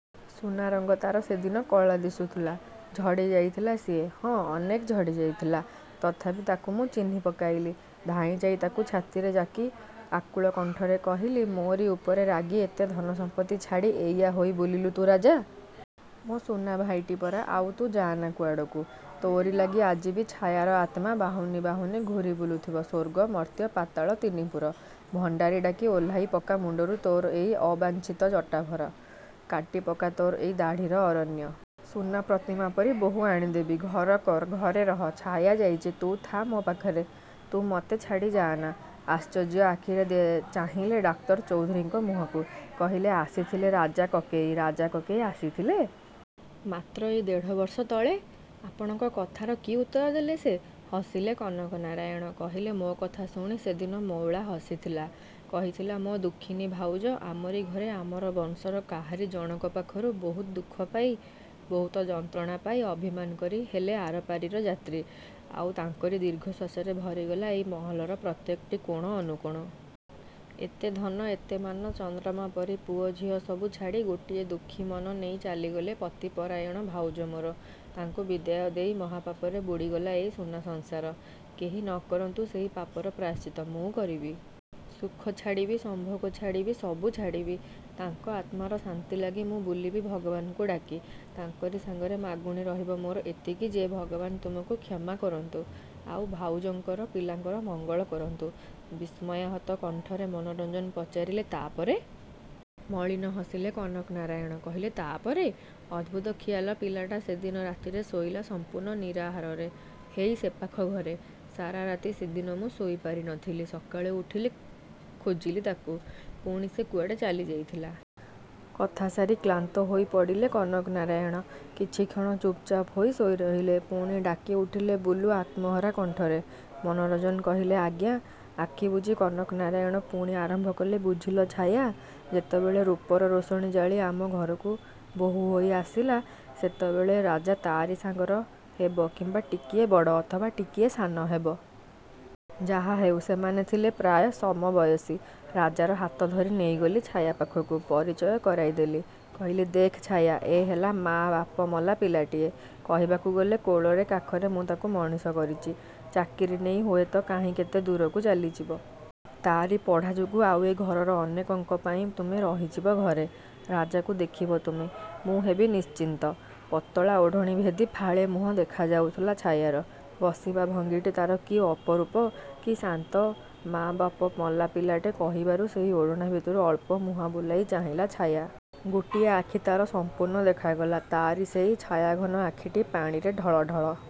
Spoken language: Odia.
ସୁନା ରଙ୍ଗ ତା'ର ସେଦିନ କଳା ଦିଶୁଥିଲା। ଝଡ଼ି ଯାଇଥିଲା ସିଏ। ହଁ, ଅନେକ ଝଡ଼ି ଯାଇଥିଲା। ତଥାପି ତାକୁ ମୁଁ ଚିହ୍ନି ପକାଇଲି। ଧାଇଁ ଯାଇ ତାକୁ ଛାତିରେ ଜାକି ଆକୁଳ କଣ୍ଠରେ କହିଲି, ମୋରି ଉପରେ ରାଗି ଏତେ ଧନ ସମ୍ପତ୍ତି ଛାଡ଼ି ଏଇଆ ହୋଇ ବୁଲିଲୁ ତୁ ରାଜା? ମୋ ସୁନା ଭାଇଟି ପରା, ଆଉ ତୁ ଯାଆନା କୁଆଡ଼କୁ। ତୋରି ଲାଗି ଆଜି ବି ଛାୟାର ଆତ୍ମା ବାହୁନି ବାହୁନି ଘୂରି ବୁଲୁଥିବ ସ୍ୱର୍ଗ, ମର୍ତ୍ତ୍ୟ, ପାତାଳ ତିନିପୁର। ଭଣ୍ଡାରୀ ଡାକି ଓହ୍ଲାଇ ପକା ମୁଣ୍ଡରୁ ତୋର ଏଇ ଅବାଞ୍ଛିତ ଜଟାଭାର। କାଟି ପକା ତୋର ଏଇ ଦାଢ଼ିର ଅରଣ୍ୟ। ସୁନା ପ୍ରତିମା ପରି ବୋହୂ ଆଣି ଦେବି। ଘର କର, ଘରେ ରହ। ଛାୟା ଯାଇଛି, ତୁ ଥା ମୋ ପାଖରେ। ତୁ ମତେ ଛାଡ଼ି ଯାଆନା। ଆଶ୍ଚର୍ଯ୍ୟ ଆଖିରେ ଚାହିଁଲେ ଡାକ୍ତର ଚୌଧୁରୀଙ୍କ ମୁହଁକୁ। କହିଲେ ଆସିଥିଲେ ରାଜା କକେଇ। ରାଜା କକେଇ ଆସିଥିଲେ! ମାତ୍ର ଏଇ ଦେଢ଼ ବର୍ଷ ତଳେ! ଆପଣଙ୍କ କଥାର କି ଉତ୍ତର ଦେଲେ ସେ? ହସିଲେ କନକନାରାୟଣ। କହିଲେ ମୋ କଥା ଶୁଣି ସେ ସେଦିନ ମଉଳା ହସିଥିଲା। କହିଥିଲା ମୋ ଦୁଃଖିନୀ ଭାଉଜ ଆମରି ଘରେ ଆମର ବଂଶର କାହାରି ଜଣକ ପାଖରୁ ବହୁତ ଦୁଃଖ ପାଇ, ବହୁତ ଯନ୍ତ୍ରଣା ପାଇ ଅଭିମାନ କରି ହେଲେ ଆରପାରିର ଯାତ୍ରୀ; ଆଉ ତାଙ୍କରି ଦୀର୍ଘଶ୍ୱାସରେ ଭରିଗଲା ଏଇ ମହଲର ପ୍ରତ୍ୟେକଟି କୋଣ, ଅନୁକୋଣ। ଏତେ ଧନ, ଏତେ ମାନ, ଚନ୍ଦ୍ରମା ପରି ପୁଅ ଝିଅ ସବୁ ଛାଡ଼ି ଗୋଟିଏ ଦୁଃଖୀ ମନ ନେଇ ଚାଲିଗଲେ ପତିପରାୟଣ ଭାଉଜ ମୋର। ତାଙ୍କୁ ବିଦାୟ ଦେଇ ମହାପାପରେ ବୁଡ଼ି ଗଲା ଏଇ ସୁନା ସଂସାର। କେହି ନ କରନ୍ତୁ ସେହି ପାପର ପ୍ରାୟଶ୍ଚିତ, ମୁଁ କରିବି। ସୁଖ ଛାଡ଼ିବି, ସମ୍ଭୋଗ ଛାଡ଼ିବି, ସବୁ ଛାଡ଼ିବି। ତାଙ୍କ ଆତ୍ମାର ଶାନ୍ତି ଲାଗି ମୁଁ ବୁଲିବି ଭଗବାନଙ୍କୁ ଡାକି, ତାଙ୍କରି ସାଙ୍ଗରେ ମାଗୁଣି ରହିବ ମୋର ଏତିକି ଯେ ଭଗବାନ ତୁମକୁ କ୍ଷମା କରନ୍ତୁ। ଆଉ, ଭାଉଜଙ୍କର ପିଲାଙ୍କର ମଙ୍ଗଳ କରନ୍ତୁ। ବିସ୍ମୟାହତ କଣ୍ଠରେ ମନୋରଞ୍ଜନ ପଚାରିଲେ ତା' ପରେ! ମଳିନ ହସିଲେ କନକନାରାୟଣ! କହିଲେ ତା' ପରେ! ଅଦ୍ଭୁତ ଖିଆଲ ପିଲାଟା ସେଦିନ ରାତିରେ ଶୋଇଲା ସମ୍ପୂର୍ଣ୍ଣ ନିରାହାରରେ, ହେଇ ସେପାଖ ଘରେ। ସାରା ରାତି ସେଦିନ ମୁଁ ଶୋଇ ପାରି ନଥିଲି। ସକାଳୁ ଉଠି ଖୋଜିଲି ତାକୁ। ପୁଣି ସେ କୁଆଡ଼େ ଚାଲି ଯାଇଥିଲା। କଥା ସାରି କ୍ଳାନ୍ତ ହୋଇ ପଡ଼ିଲେ କନକନାରାୟଣ। କିଛି କ୍ଷଣ ଚୁପ୍‌ଚାପ୍ ହୋଇ ଶୋଇ ରହିଲେ। ପୁଣି ଡାକି ଉଠିଲେ ବୁଲୁ ଆତ୍ମହରା କଣ୍ଠରେ ମନୋରଞ୍ଜନ କହିଲେ ଆଜ୍ଞା। ଆଖି ବୁଜି କନକନାରାୟଣ ପୁଣି ଆରମ୍ଭ କଲେ ବୁଝିଲ ଛାୟା ଯେତେବେଳେ ରୂପର ରୋଷଣୀ ଜାଳି ଆମ ଘରକୁ ବୋହୂ ହୋଇ ଆସିଲା, ସେତେବେଳେ ରାଜା ତା’ରି ସାଙ୍ଗର ହେବ କିମ୍ବା ଟିକିଏ ବଡ଼, ଅଥବା ଟିକିଏ ସାନ ହେବ। ଯାହା ହେଉ, ସେମାନେ ଥିଲେ ପ୍ରାୟ ସମବୟସୀ। ରାଜାର ହାତ ଧରି ନେଇଗଲି ଛାୟା ପାଖକୁ। ପରିଚୟ କରାଇ ଦେଲି। କହିଲି ଦେଖ୍ ଛାୟା, ଏ ହେଲା ମାଆ ବାପ ମଲା ପିଲାଟିଏ। କହିବାକୁ ଗଲେ କୋଳରେ କାଖରେ ମୁଁ ତାକୁ ମଣିଷ କରିଛି। ଚାକିରି ନେଇ ହୁଏତ କାହିଁ କେତେ ଦୂରକୁ ଚାଲି ଯିବ। ତା'ରି ପଢ଼ା ଯୋଗୁଁ ଆଉ ଏ ଘରର ଅନେକଙ୍କ ପାଇଁ ତୁମେ ରହିଯିବ ଘରେ। ରାଜାକୁ ଦେଖିବ ତୁମେ। ମୁଁ ହେବି ନିଶ୍ଚିନ୍ତ। ପତଳା ଓଢ଼ଣା ଭେଦି ଫାଳେ ମୁହଁ ଦେଖା ଯାଉଥିଲା ଛାୟାର। ବସିବା ଭଙ୍ଗୀଟି ତା'ର କି ଅପରୂପ। କି ଶାନ୍ତ। ମାଆ ବାପ ମଲା ପିଲାଟେ କହିବାରୁ ସେହି ଓଢ଼ଣା ଭିତରୁ ଅଳ୍ପ ମୁହଁ ବୁଲାଇ ଚାହିଁଲା ଛାୟା। ଗୋଟିଏ ଆଖି ତା'ର ସମ୍ପୂର୍ଣ୍ଣ ଦେଖାଗଲା। ତା'ରି ସେଇ ଛାୟାଘନ ଆଖିଟି ପାଣିରେ ଢଳଢଳ।